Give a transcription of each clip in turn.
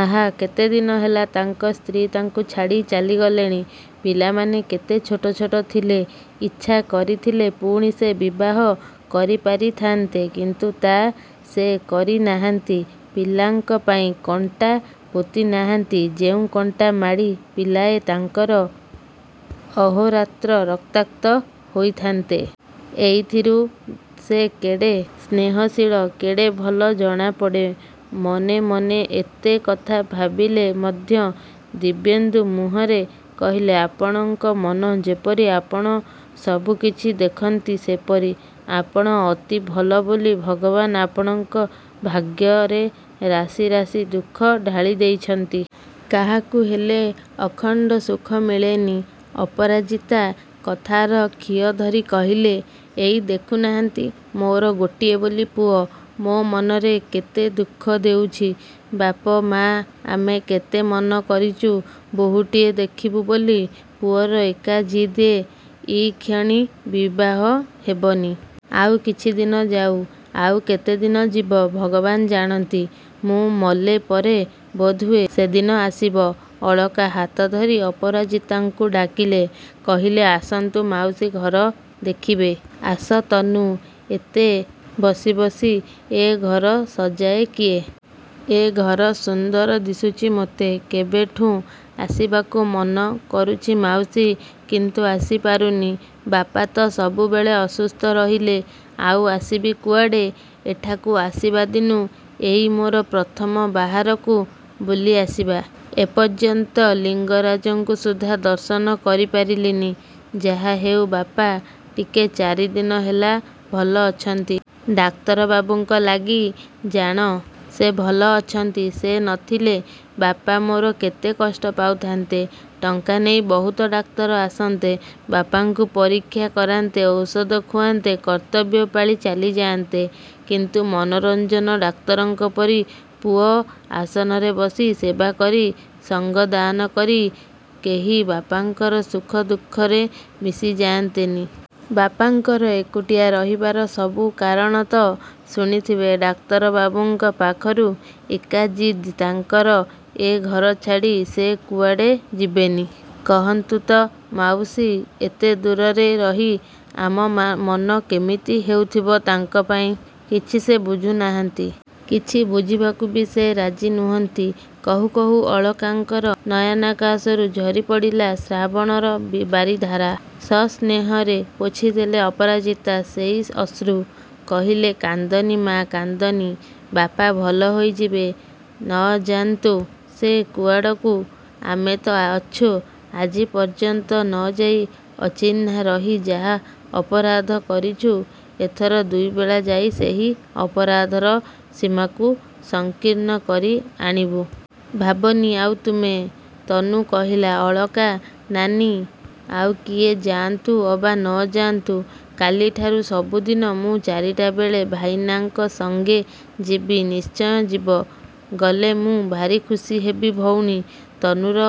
ଆହା, କେତେଦିନ ହେଲା ତାଙ୍କ ସ୍ତ୍ରୀ ତାଙ୍କୁ ଛାଡ଼ି ଚାଲି ଗଲେଣି। ପିଲାମାନେ କେତେ ଛୋଟ ଛୋଟ ଥିଲେ। ଇଚ୍ଛା କରିଥିଲେ ପୁଣି ସେ ବିବାହ କରିପାରିଥାନ୍ତେ; କିନ୍ତୁ ତା' ସେ କରିନାହାନ୍ତି। ପିଲାଙ୍କ ପାଇଁ କଣ୍ଟା ପୋତିନାହାନ୍ତି, ଯେଉଁ କଣ୍ଟା ମାଡ଼ି ପିଲାଏ ତାଙ୍କର ଅହୋରାତ୍ର ରକ୍ତାକ୍ତ ହୋଇଥାନ୍ତେ। ଏଇଥିରୁ ସେ କେଡ଼େ ସ୍ନେହଶୀଳ, କେଡ଼େ ଭଲ ଜଣାପଡ଼େ। ମନେ ମନେ ଏତେ କଥା ଭାବିଲେ ମଧ୍ୟ ଦିବ୍ୟେନ୍ଦୁ ମୁହଁରେ କହିଲେ ଆପଣଙ୍କ ମନ ଯେପରି ଆପଣ ସବୁ କିଛି ଦେଖନ୍ତି ସେପରି। ଆପଣ ଅତି ଭଲ ବୋଲି ଭଗବାନ ଆପଣଙ୍କ ଭାଗ୍ୟରେ ରାଶି ରାଶି ଦୁଃଖ ଢାଳି ଦେଇଛନ୍ତି। କାହାକୁ ହେଲେ ଅଖଣ୍ଡ ସୁଖ ମିଳେନି। ଅପରାଜିତା କଥାର ଖିଅ ଧରି କହିଲେ ଏଇ ଦେଖୁନାହାନ୍ତି, ମୋର ଗୋଟିଏ ବୋଲି ପୁଅ, ମୋ ମନରେ କେତେ ଦୁଃଖ ଦେଉଛି। ବାପ ମାଆ ଆମେ କେତେ ମନ କରିଛୁ ବୋହୂଟିଏ ଦେଖିବୁ ବୋଲି। ପୁଅର ଏକା ଜିଦ୍ଏ ଇକ୍ଷଣି ବିବାହ ହେବନି। ଆଉ କିଛିଦିନ ଯାଉ। ଆଉ କେତେଦିନ ଯିବ ଭଗବାନ ଜାଣନ୍ତି। ମୁଁ ମଲେ ପରେ ବୋଧହୁଏ ସେଦିନ ଆସିବ। ଅଳକା ହାତ ଧରି ଅପରାଜିତାଙ୍କୁ ଡାକିଲେ। କହିଲେ ଆସନ୍ତୁ ମାଉସୀ, ଘର ଦେଖିବି। ଆସ ତନୁ। ଏତେ ବସି ବସି ଏ ଘର ସଜାଏ କିଏ? ଏ ଘର ସୁନ୍ଦର ଦିଶୁଛି ମୋତେ। କେବେଠୁଁ ଆସିବାକୁ ମନ କରୁଛି ମାଉସୀ; କିନ୍ତୁ ଆସିପାରୁନି। ବାପା ତ ସବୁବେଳେ ଅସୁସ୍ଥ ରହିଲେ, ଆଉ ଆସିବି କୁଆଡ଼େ। ଏଠାକୁ ଆସିବାଦିନୁ ଏଇ ମୋର ପ୍ରଥମ ବାହାରକୁ ବୁଲିଆସିବା। ଏପର୍ଯ୍ୟନ୍ତ ଲିଙ୍ଗରାଜଙ୍କୁ ସୁଦ୍ଧା ଦର୍ଶନ କରିପାରିଲିନି। ଯାହା ହେଉ ବାପା ଟିକେ ଚାରିଦିନ ହେଲା ଭଲ ଅଛନ୍ତି। ଡାକ୍ତର ବାବୁଙ୍କ ଲାଗି ଜାଣ, ସେ ଭଲ ଅଛନ୍ତି। ସେ ନଥିଲେ ବାପା ମୋର କେତେ କଷ୍ଟ ପାଉଥାନ୍ତେ। ଟଙ୍କା ନେଇ ବହୁତ ଡାକ୍ତର ଆସନ୍ତେ, ବାପାଙ୍କୁ ପରୀକ୍ଷା କରାନ୍ତେ, ଔଷଧ ଖୁଆନ୍ତେ, କର୍ତ୍ତବ୍ୟ ପାଳି ଚାଲିଯାଆନ୍ତେ। କିନ୍ତୁ ମନୋରଞ୍ଜନ ଡାକ୍ତରଙ୍କ ପରି ପୁଅ ଆସନରେ ବସି, ସେବା କରି, ସଙ୍ଗଦାନ କରି କେହି ବାପାଙ୍କର ସୁଖ ଦୁଃଖରେ ମିଶିଯାଆନ୍ତେନି। ବାପାଙ୍କର ଏକୁଟିଆ ରହିବାର ସବୁ କାରଣ ତ ଶୁଣିଥିବେ ଡାକ୍ତରବାବୁଙ୍କ ପାଖରୁ। ଏକା ଜିଦ୍ ତାଙ୍କର ଏ ଘର ଛାଡ଼ି ସେ କୁଆଡ଼େ ଯିବେନି। କହନ୍ତୁ ତ ମାଉସୀ, ଏତେ ଦୂରରେ ରହି ଆମ ମନ କେମିତି ହେଉଥିବ ତାଙ୍କ ପାଇଁ। କିଛି ସେ ବୁଝୁନାହାନ୍ତି। କିଛି ବୁଝିବାକୁ ବି ସେ ରାଜି ନୁହନ୍ତି। କହୁ କହୁ ଅଳକାଙ୍କର ନୟନାକାଶରୁ ଝରିପଡ଼ିଲା ଶ୍ରାବଣର ବାରିଧାରା। ସସ୍ନେହରେ ପୋଛିଦେଲେ ଅପରାଜିତା ସେହି ଅଶ୍ରୁ। କହିଲେ କାନ୍ଦନି ମା', କାନ୍ଦନି। ବାପା ଭଲ ହୋଇଯିବେ। ନଯାନ୍ତୁ ସେ କୁଆଡ଼କୁ, ଆମେ ତ ଅଛୁ। ଆଜି ପର୍ଯ୍ୟନ୍ତ ନଯାଇ, ଅଚିହ୍ନା ରହି ଯାହା ଅପରାଧ କରିଛୁ ଏଥର ଦୁଇବେଳା ଯାଇ ସେହି ଅପରାଧର ସୀମାକୁ ସଂକୀର୍ଣ୍ଣ କରି ଆଣିବୁ। ଭାବନି ଆଉ ତୁମେ। ତନୁ କହିଲା ଅଳକା ନାନୀ, ଆଉ କିଏ ଯାଆନ୍ତୁ ଅବା ନ ଯାଆନ୍ତୁ, କାଲିଠାରୁ ସବୁଦିନେ ମୁଁ ଚାରିଟା ବେଳେ ଭାଇନାଙ୍କ ସଙ୍ଗେ ଯିବି। ନିଶ୍ଚୟ ଯିବ। ଗଲେ ମୁଁ ଭାରି ଖୁସି ହେବି ଭଉଣୀ। ତନୁର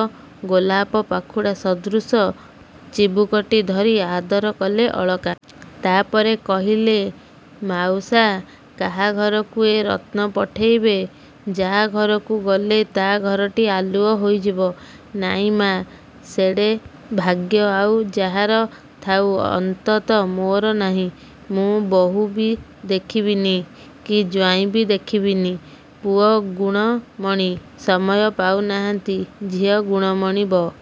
ଗୋଲାପ ପାଖୁଡ଼ା ସଦୃଶ ଚିବୁକଟି ଧରି ଆଦର କଲେ ଅଳକା। ତା'ପରେ କହିଲେ ମାଉସା, କାହା ଘରକୁ ଏ ରତ୍ନ ପଠାଇବେ? ଯାହା ଘରକୁ ଗଲେ ତା' ଘରଟି ଆଲୁଅ ହୋଇଯିବ। ନାଇଁ ମା', ସେଡ଼େ ଭାଗ୍ୟ ଆଉ ଯାହାର ଥାଉ, ଅନ୍ତତ ମୋର ନାହିଁ। ମୁଁ ବୋହୂ ବି ଦେଖିବିନି, କି ଜ୍ୱାଇଁ ବି ଦେଖିବିନି। ପୁଅ ଗୁଣମଣି ସମୟ ପାଉନାହାନ୍ତି। ଝିଅ ଗୁଣମଣି ବ |